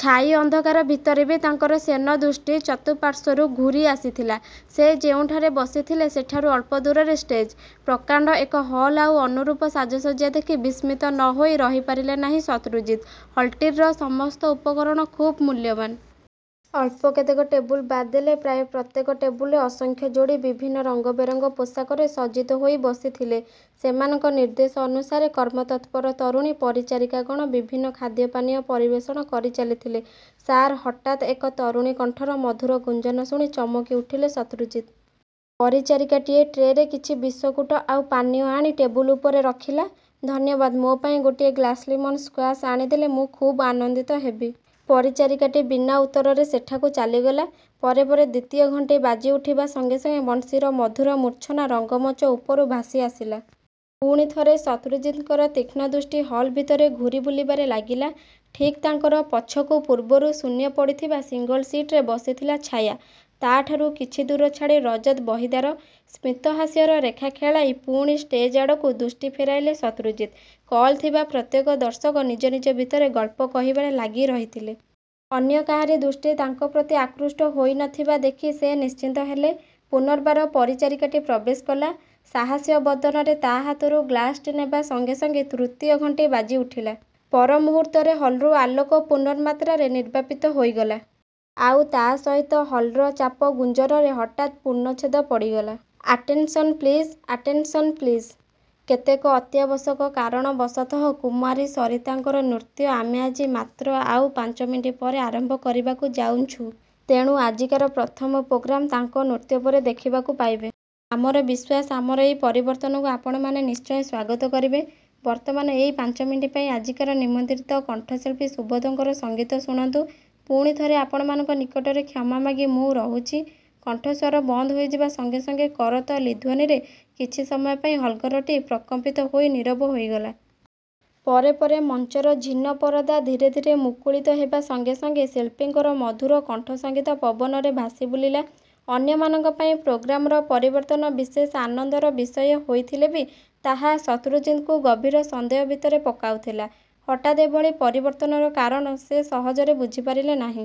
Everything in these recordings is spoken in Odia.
ଛାଇ ଅନ୍ଧକାର ଭିତରେ ବି ତାଙ୍କର ଶ୍ୟେନ ଦୃଷ୍ଟି ଚତୁଃପାର୍ଶରୁ ଘୁରିଆସିଥିଲା। ସେ ଯେଉଁଠାରେ ବସିଥିଲେ ସେଠାରୁ ଅଳ୍ପଦୂରରେ ଷ୍ଟେଜ୍। ପ୍ରକାଣ୍ତ ଏକ ହଲ ଆଉ ଅନୁରୁପ ସାଜସଜ୍ଜା ଦେଖି ବିସ୍ମିତ ନ ହୋଇ ରହିପାରିଲେ ନାହିଁ ଶତ୍ରୁଜିତ। ହଲ୍ଟିର ସମସ୍ତ ଉପକରଣ ଖୁବ୍ ମୂଲ୍ୟବାନ୍। ଅଳ୍ପ କେତେକ ଟେବୁଲ ବାଦଦେଲେ, ପ୍ରାୟ ପ୍ରତ୍ୟେକ ଟେବୁଲରେ ଅସଂଖ୍ୟ ଯୋଡ଼ି ବିଭିନ୍ନ ରଙ୍ଗବେରଙ୍ଗ ପୋଷାକରେ ସଜ୍ଜିତ ହୋଇ ବସିଥିଲେ। ସେମାନଙ୍କ ନିର୍ଦ୍ଦେଶ ଅନୁସାରେ କର୍ମତତ୍ପର ତରୁଣୀ ପରିଚାରିକାଗଣ ବିଭିନ୍ନ ଖାଦ୍ୟପାନୀୟ ପରିବେଷଣ କରିଚାଲିଥିଲେ। ସାର୍! ହଠାତ୍ ଏକ ତରୁଣୀକଣ୍ଠର ମଧୁର ଗୁଞ୍ଜନ ଶୁଣି ଚମକିଉଠିଲେ ଶତ୍ରୁଜିତ୍। ପରିଚାରିକାଟିଏ ଟ୍ରେରେ କିଛି ବିସକୁଟ ଆଉ ପାନୀୟ ଆଣି ଟେବୁଲ ଉପରେ ରଖିଲା। ଧନ୍ୟବାଦ! ମୋ ପାଇଁ ଗୋଟିଏ ଗ୍ଲାସ୍ଲିମନ ସ୍କ୍ୱାସ ଆଣି ଦେଲେ ମୁଁ ଖୁବ୍ ଆନନ୍ଦିତ ହେବି। ପରିଚାରିକାଟି ବିନା ଉତ୍ତରରେ ସେଠାକୁ ଚାଲିଗଲା। ପରେ ପରେ ଦ୍ୱିତୀୟ ଘଣ୍ଟି ବାଜିଉଠିବା ସଙ୍ଗେ ସଙ୍ଗେ ବଂଶୀର ମଧୁର ମୂର୍ଚ୍ଛନା ରଙ୍ଗମଞ୍ଚ ଉପରୁ ଭାସିଆସିଲା। ପୁଣିଥରେ ଶତ୍ରୁଜିତଙ୍କର ତୀକ୍ଷ୍ଣ ଦୃଷ୍ଟି ହଲ୍ ଭିତରେ ଘୁରିବୁଲିବାରେ ଲାଗିଲା। ଠିକ୍ ତାଙ୍କର ପଛକୁ ପୂର୍ବରୁ ଶୂନ୍ୟ ପଡ଼ିଥିବା ସିଙ୍ଗଲ ସିଟରେ ବସିଥିଲା ଛାୟା। ତା'ଠାରୁ କିଛିଦୂର ଛାଡ଼ି ରଜତ ବହିଦାର। ସ୍ମିତହାସ୍ୟର ରେଖା ଖେଳାଇ ପୁଣି ଷ୍ଟେଜ୍ଆଡ଼କୁ ଦୃଷ୍ଟି ଫେରାଇଲେ ଶତ୍ରୁଜିତ୍। କଲ୍ ଥିବା ପ୍ରତ୍ୟେକ ଦର୍ଶକ ନିଜ ନିଜ ଭିତରେ ଗଳ୍ପ କରିବାରେ ଲାଗିରହିଥିଲେ। ଅନ୍ୟ କାହାରି ଦୃଷ୍ଟି ତାଙ୍କ ପ୍ରତି ଆକୃଷ୍ଟ ହୋଇ ନ ଥିବା ଦେଖି ସେ ନିଶ୍ଚିନ୍ତ ହେଲେ। ପୂନର୍ବାର ପରିଚାରିକାଟି ପ୍ରବେଶ କଲା। ସାହାସ୍ୟ ବଦନରେ ତା' ହାତରୁ ଗ୍ଲାସଟି ନେବା ସଙ୍ଗେ ସଙ୍ଗେ ତୃତୀୟ ଘଣ୍ଟି ବାଜିଉଠିଲା। ପରମୁହୂର୍ତ୍ତରେ ହଲ୍ରୁ ଆଲୋକ ପୂର୍ଣ୍ଣମାତ୍ରାରେ ନିର୍ବାପିତ ହୋଇଗଲା। ଆଉ ତା' ସହିତ ହଲ୍ର ଚାପ ଗୁଞ୍ଜନରେ ହଠାତ୍ ପୂର୍ଣ୍ଣଛେଦ ପଡ଼ିଗଲା। Attention please, attention please! କେତେକ ଅତ୍ୟାବଶ୍ୟକ କାରଣବଶତଃ କୁମାରୀ ସରିତାଙ୍କର ନୃତ୍ୟ ଆମେ ଆଜି ମାତ୍ର ଆଉ ପାଞ୍ଚମିନିଟ୍ ପରେ ଆରମ୍ଭ କରିବାକୁ ଯାଉଛୁଁ। ତେଣୁ ଆଜିକାର ପ୍ରଥମ ପ୍ରୋଗ୍ରାମ ତାଙ୍କ ନୃତ୍ୟ ପରେ ଦେଖିବାକୁ ପାଇବେ। ଆମର ବିଶ୍ୱାସ ଆମର ଏଇ ପରିବର୍ତ୍ତନକୁ ଆପଣମାନେ ନିଶ୍ଚୟ ସ୍ୱାଗତ କରିବେ। ବର୍ତ୍ତମାନ ଏଇ ପାଞ୍ଚମିନିଟ୍ ପାଇଁ ଆଜିକାର ନିମନ୍ତ୍ରିତ କଣ୍ଠଶିଳ୍ପୀ ସୁବୋଧଙ୍କର ସଙ୍ଗୀତ ଶୁଣନ୍ତୁ। ପୁଣି ଥରେ ଆପଣମାନଙ୍କ ନିକଟରେ କ୍ଷମା ମାଗି ମୁଁ ରହୁଛି। କଣ୍ଠସ୍ୱର ବନ୍ଦ ହୋଇଯିବା ସଙ୍ଗେ ସଙ୍ଗେ କରତ ଲିଧ୍ୱନିରେ କିଛି ସମୟ ପାଇଁ ହଲ୍ଘରଟି ପ୍ରକମ୍ପିତ ହୋଇ ନୀରବ ହୋଇଗଲା। ପରେ ପରେ ମଞ୍ଚର ଝିନ ପରଦା ଧୀରେ ଧୀରେ ମୁକୁଳିତ ହେବା ସଙ୍ଗେ ସଙ୍ଗେ ଶିଳ୍ପୀଙ୍କର ମଧୁର କଣ୍ଠସଙ୍ଗୀତ ପବନରେ ଭାସିବୁଲିଲା। ଅନ୍ୟମାନଙ୍କ ପାଇଁ ପ୍ରୋଗ୍ରାମର ପରିବର୍ତ୍ତନ ବିଶେଷ ଆନନ୍ଦର ବିଷୟ ହୋଇଥିଲେ ବି ତାହା ଶତ୍ରୁଜିତଙ୍କୁ ଗଭୀର ସନ୍ଦେହ ଭିତରେ ପକାଉଥିଲା। ହଠାତ୍ ଏଭଳି ପରିବର୍ତ୍ତନର କାରଣ ସେ ସହଜରେ ବୁଝିପାରିଲେ ନାହିଁ।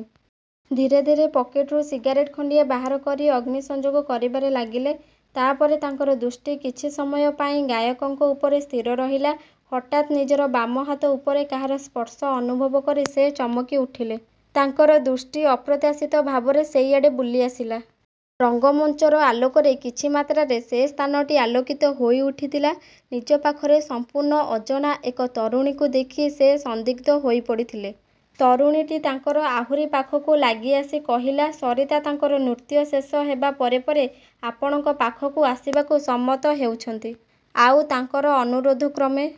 ଧୀରେ ଧୀରେ ପକେଟରୁ ସିଗାରେଟ୍ ଖଣ୍ତିଏ ବାହାର କରି ଅଗ୍ନିସଂଯୋଗ କରିବାରେ ଲାଗିଲେ। ତା'ପରେ ତାଙ୍କର ଦୃଷ୍ଟି କିଛି ସମୟ ପାଇଁ ଗାୟକଙ୍କ ଉପରେ ସ୍ଥିର ରହିଲା। ହଠାତ୍ ନିଜର ବାମ ହାତ ଉପରେ କାହାର ସ୍ପର୍ଶ ଅନୁଭବ କରି ସେ ଚମକି ଉଠିଲେ। ତାଙ୍କର ଦୃଷ୍ଟି ଅପ୍ରତ୍ୟାଶିତ ଭାବରେ ସେଇଆଡ଼େ ବୁଲିଆସିଲା। ରଙ୍ଗମଞ୍ଚର ଆଲୋକରେ କିଛିମାତ୍ରାରେ ସେ ସ୍ଥାନଟି ଆଲୋକିତ ହୋଇଉଠିଥିଲା। ନିଜ ପାଖରେ ସଂପୂର୍ଣ୍ଣ ଅଜଣା ଏକ ତରୁଣୀକୁ ଦେଖି ସେ ସନ୍ଦିଗ୍ଧ ହୋଇପଡ଼ିଲେ। ତରୁଣୀଟି ତାଙ୍କର ଆହୁରି ପାଖକୁ ଲାଗିଆସି କହିଲା,"ସରିତା ତାଙ୍କର ନୃତ୍ୟ ଶେଷ ହେବା ପରେ ପରେ ଆପଣଙ୍କ ପାଖକୁ ଆସିବାକୁ ସମ୍ମତ ହୋଇଛନ୍ତି। ଆଉ ତାଙ୍କର ଅନୁରୋଧକ୍ରମେ‌‌‌__